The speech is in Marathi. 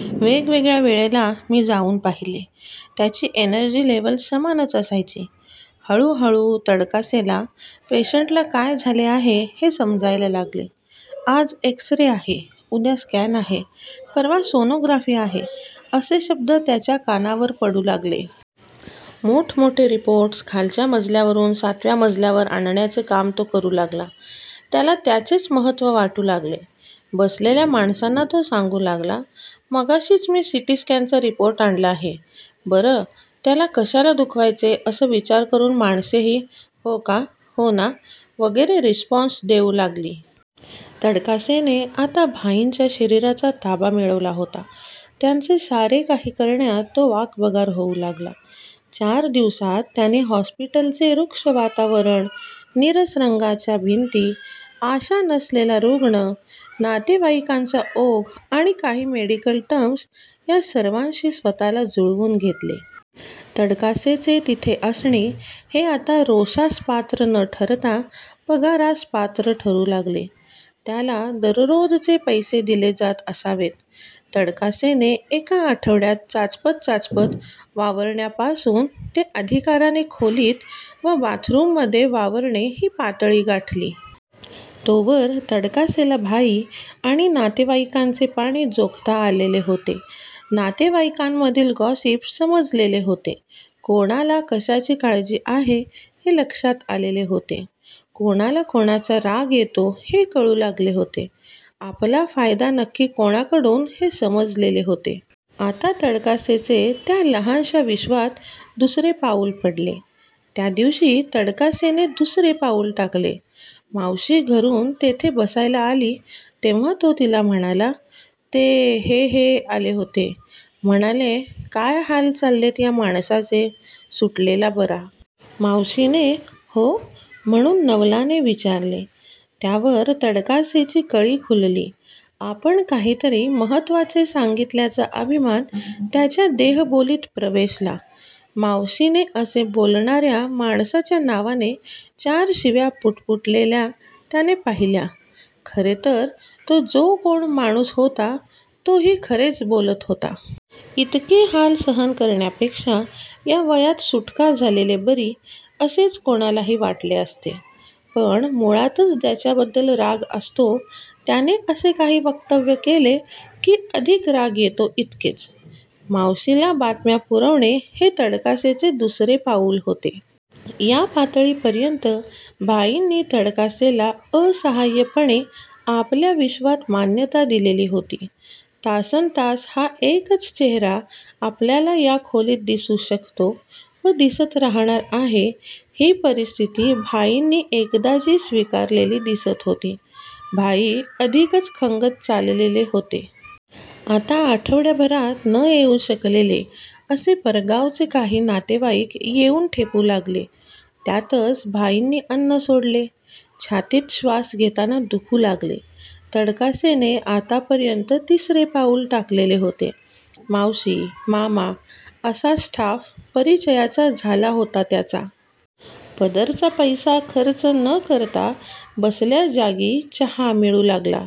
वेगवेगळ्या वेळेला मी जाऊन पाहिले. त्याची एनर्जी लेव्हल समानच असायची. हळूहळू तडकासेला पेशंटला काय झाले आहे हे समजायला लागले. आज एक्स रे आहे, उद्या स्कॅन आहे, परवा सोनोग्राफी आहे असे शब्द त्याच्या कानावर पडू लागले. मोठमोठे रिपोर्ट्स खालच्या मजल्यावरून सातव्या मजल्यावर आणण्याचे काम तो करू लागला. त्याला त्याचेच महत्त्व वाटू लागले. बसलेल्या माणसांना तो सांगू लागला, मगाशीच मी सिटीस्कॅनचा रिपोर्ट आणला आहे. बरं त्याला कशाला दुखवायचे असा विचार करून माणसेही, होका, होना, वगैरे रिस्पॉन्स देऊ लागली. तडकासेने आता भाईंच्या शरीराचा ताबा मिळवला होता. त्यांचे सारे काही करण्यात तो वाकबगार होऊ लागला. चार दिवसांत त्याने हॉस्पिटलचे रुक्ष वातावरण, नीरस रंगाच्या भिंती, आशा नसलेला रुग्ण, नातेवाईकांचा ओघ आणि काही मेडिकल टर्म्स या सर्वांशी स्वतःला जुळवून घेतले. तडकासेचे तिथे असणे हे आता रोषास पात्र न ठरता पगारास पात्र ठरू लागले. त्याला दररोजचे पैसे दिले जात असावेत. तडकासेने एका आठवड्यात चाचपत चाचपत वावरण्यापासून ते अधिकाराने खोलीत व बाथरूममध्ये वावरणे ही पातळी गाठली. तोवर तडकासेला भाई आणि नातेवाईकांचे पाणी जोखता आलेले होते. नातेवाईकांमधील गॉसिप समजलेले होते. कोणाला कशाची काळजी आहे हे लक्षात आलेले होते. कोणाला कोणाचा राग येतो हे कळू लागले होते. आपला फायदा नक्की कोणाकडून हे समजलेले होते. आता तडकासेचे त्या लहानशा विश्वात दुसरे पाऊल पडले. त्या दिवशी तडकासेने दुसरे पाऊल टाकले. मावशी घरून तेथे बसायला आली तेव्हा तो तिला म्हणाला, ते हे हे आले होते, म्हणाले काय हाल चाललेत या माणसाचे, सुटलेला बरा. मावशीने हो? म्हणून नवलाने विचारले. त्यावर तडकासेची कळी खुलली. आपण काहीतरी महत्त्वाचे सांगितल्याचा अभिमान त्याच्या देहबोलीत प्रवेशला. मावशीने असे बोलणाऱ्या माणसाच्या नावाने चार शिव्या पुटपुटलेल्या त्याने पाहिल्या. खरे तर तो जो कोण माणूस होता तोही खरेच बोलत होता. इतके हाल सहन करण्यापेक्षा या वयात सुटका झालेली बरी असेच कोणालाही वाटले असते. पण मुळातच ज्याच्याबद्दल राग असतो त्याने असे काही वक्तव्य केले की अधिक राग येतो इतकेच. मावशीला बातम्या पुरवणे हे तडकासेचे दुसरे पाऊल होते. या पातळीपर्यंत भाईंनी तडकासेला असहाय्यपणे आपल्या विश्वात मान्यता दिलेली होती. तासनतास हा एकच चेहरा आपल्याला या खोलीत दिसू शकतो व दिसत राहणार आहे ही परिस्थिती भाईंनी एकदाची स्वीकारलेली दिसत होती. भाई अधिकच खंगत चाललेले होते. आता आठवड्याभरात न येऊ शकलेले असे परगावचे काही नातेवाईक येऊन ठेपू लागले. त्यातच भाईंनी अन्न सोडले. छातीत श्वास घेताना दुखू लागले. तडकासेने आत्तापर्यंत तिसरे पाऊल टाकलेले होते. मावशी, मामा असा स्टाफ परिचयाचा झाला होता त्याचा. पदरचा पैसा खर्च न करता बसल्या जागी चहा मिळू लागला